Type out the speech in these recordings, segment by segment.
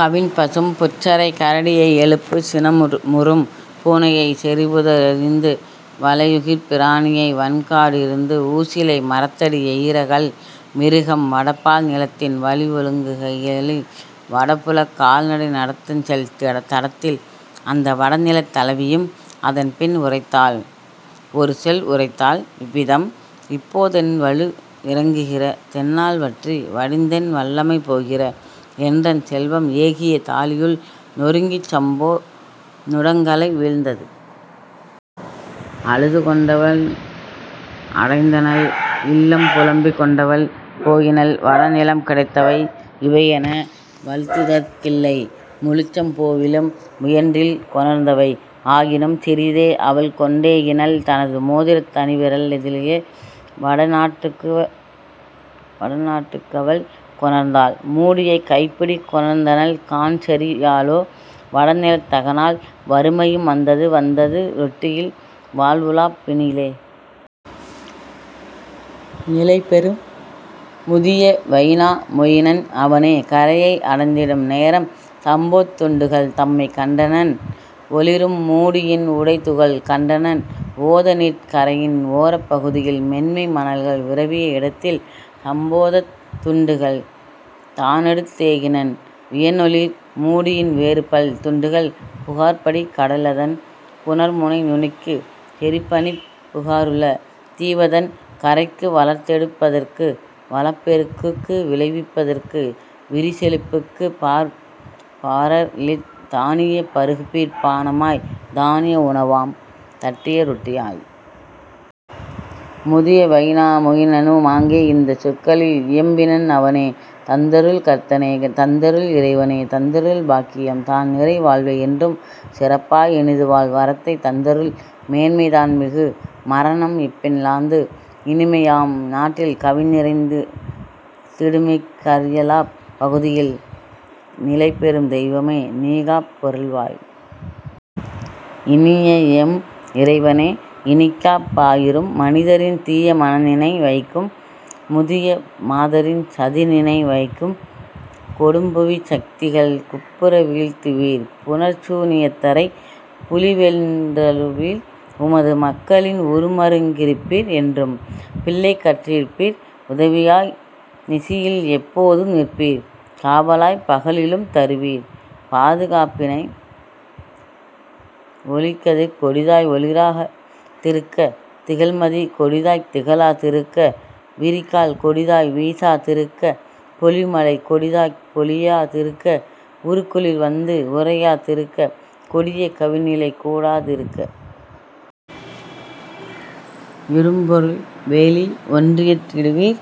கவின்பசும் புற்றரைக் கரடியை எழுப்பு சினமுறும் பூனையை செறிபுத ரிருந்து। வளையுகிர்ப் பிராணியை வன்கா டிருந்து ஊசிலை மரத்தடி எயிறகல் மிருகம் வடபால் நிலத்தின் வழிஒழுங் கைகளில் வடபுலக் கால்நடை நடந்துசெல் தடத்தில். " அந்த வடநிலத் தலைவியும் அதன்பின் உரைத்தாள் ஒருசொல் உரைத்தாள் இவ்விதம்: "இப்போ தென்வலு இறங்குகிற தென்னால் வற்றி வடிந்தென் வல்லமை போகிற என்றன் செல்வம் ஏகிய தாழியுள் நொருங்கிச் சம்போ நுடங்கலை வீழ்ந்தது! " அழுதுகொண் டவள் அடைந்தனள் இல்லம் புலம்பிக் கொண்டவள் போயினள் வடநிலம், கிடைத்தவை இவையென வழுத்துதற் கில்லை முழுச்சம் போவிலும் முயன்றில் கொணர்ந்தவை; ஆயினும் சிறிதே அவள்கொண் டேகினள் தனது மோதிரத் தனிவிர லதிலே; வடநாட் டுக்கவள் கொணர்ந்தாள் மூடியை கைப்பிடி கொணர்ந்தனள் காண்சரி யோலோ; வடநிலத் ததனால் வறுமையும் வந்தது வந்தது ரொட்டியில் வாழ்வுலாப் பினிலே. நிலைபெறும் முதிய வைனா மொயினன் அவனே கரையை அடைந்திடு நேரம் சம்போத் துண்டுகள் தம்மைக் கண்டனன் ஒளிரும் மூடியின் உடைதுகள் கண்டனன் ஓதநீர்க் கரையின் ஓரப் பகுதியில் மென்மை மணல்கள் விரவிய இடத்தில். சம்போதத் துண்டுகள் தானெடுத் தேகினன் வியனொளிர் மூடியின் வேறுபல் துண்டுகள் புகார்படி கடலதன் புணர்முனை நுனிக்கு செறிபனிப் புகாருள தீவதன் கரைக்கு வளர்த்தெடுப் பதற்கு வளப்பெருக் குக்கு விளைவிப் பதற்கு விரிசெழிப் புக்கு பாரர்லித் தானியப் பருகுபீர்ப் பானமாய் தானிய உணவாம் தட்டிய ரொட்டியாய். முதிய வைனா மொயினனு மாங்கே இந்தச் சொற்களில் இயம்பினன் அவனே: "தந்தருள் கர்த்தனே, தந்தருள் இறைவனே! தந்தருள் பாக்கியம் தான்நிறை வாழ்வை என்றும் சிறப்பாய் இனிதுவாழ் வரத்தை தந்தருள் மேன்மை தான்மிகு மரணம் இப்பின் லாந்து இனிமையாம் நாட்டில் கவின்நிறைந் திடுமிக் கர்யலாப் பகுதியில். நிலைபெறும் தெய்வமே, நீகாப் பருள்வாய்! இனியஎம் இறைவனே, இனிக்காப் பாயிரும்! மனிதரின் தீய மனநினை வவைக்கு முதிய மாதரின் சதிநினை வவைக்கு; கொடும்புவிச் சக்திகள் குப்புற வீழ்த்துவீர் புனற்சூ னியத்தரைப் புவியில்வென் றருளுவீர். உமது மக்களின் உறுமருங் கிருப்பீர் என்றும் பிள்ளைகட் கிருப்பீர் உதவியாய் நிசியில்எப் போதும் நிற்பீர் காவலாய் பகலிலும் தருவீர் பாதுகாப் பினையே ஒளிர்கதிர் கொடிதாய் ஒளிரா திருக்க திகழ்மதி கொடிதாய்த் திகழா திருக்க விரிகால் கொடிதாய் வீசா திருக்க பொழிமழை கொடிதாய்ப் பொழியா திருக்க உறுகுளிர் வந்து உறையா திருக்க கொடிய கவிநிலை கூடா திருக்க. இரும்பால் வேலி ஒன்றியற் றிடுவீர்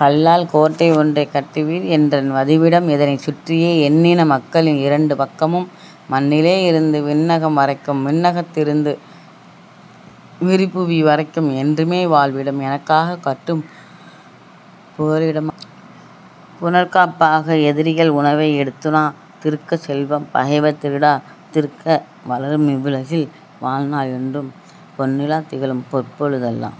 கல்லால் கோட்டை ஒன்றைக் கட்டுவீர் என்றன் வதிவிடம் இதனைச் சுற்றியே என்னின மக்களின் இரண்டு பக்கமும் மண்ணிலே யிருந்து விண்ணகம் வரைக்கும் விண்ணகத் திருந்து விரிபுவி வரைக்கும் என்றுமே வாழ்விடம் எனக்கா கட்டும் புகலிட மாக புனர்காப் பாக எதிரிகள் உணவை எடுத்துணா திருக்க செல்வம் பகைவர் திருடா திருக்க வளருமிவ் வுலகின் வாழ்நாள் என்றும் பொன்னிலாத் திகழும் பொற்பொழு தெல்லாம்!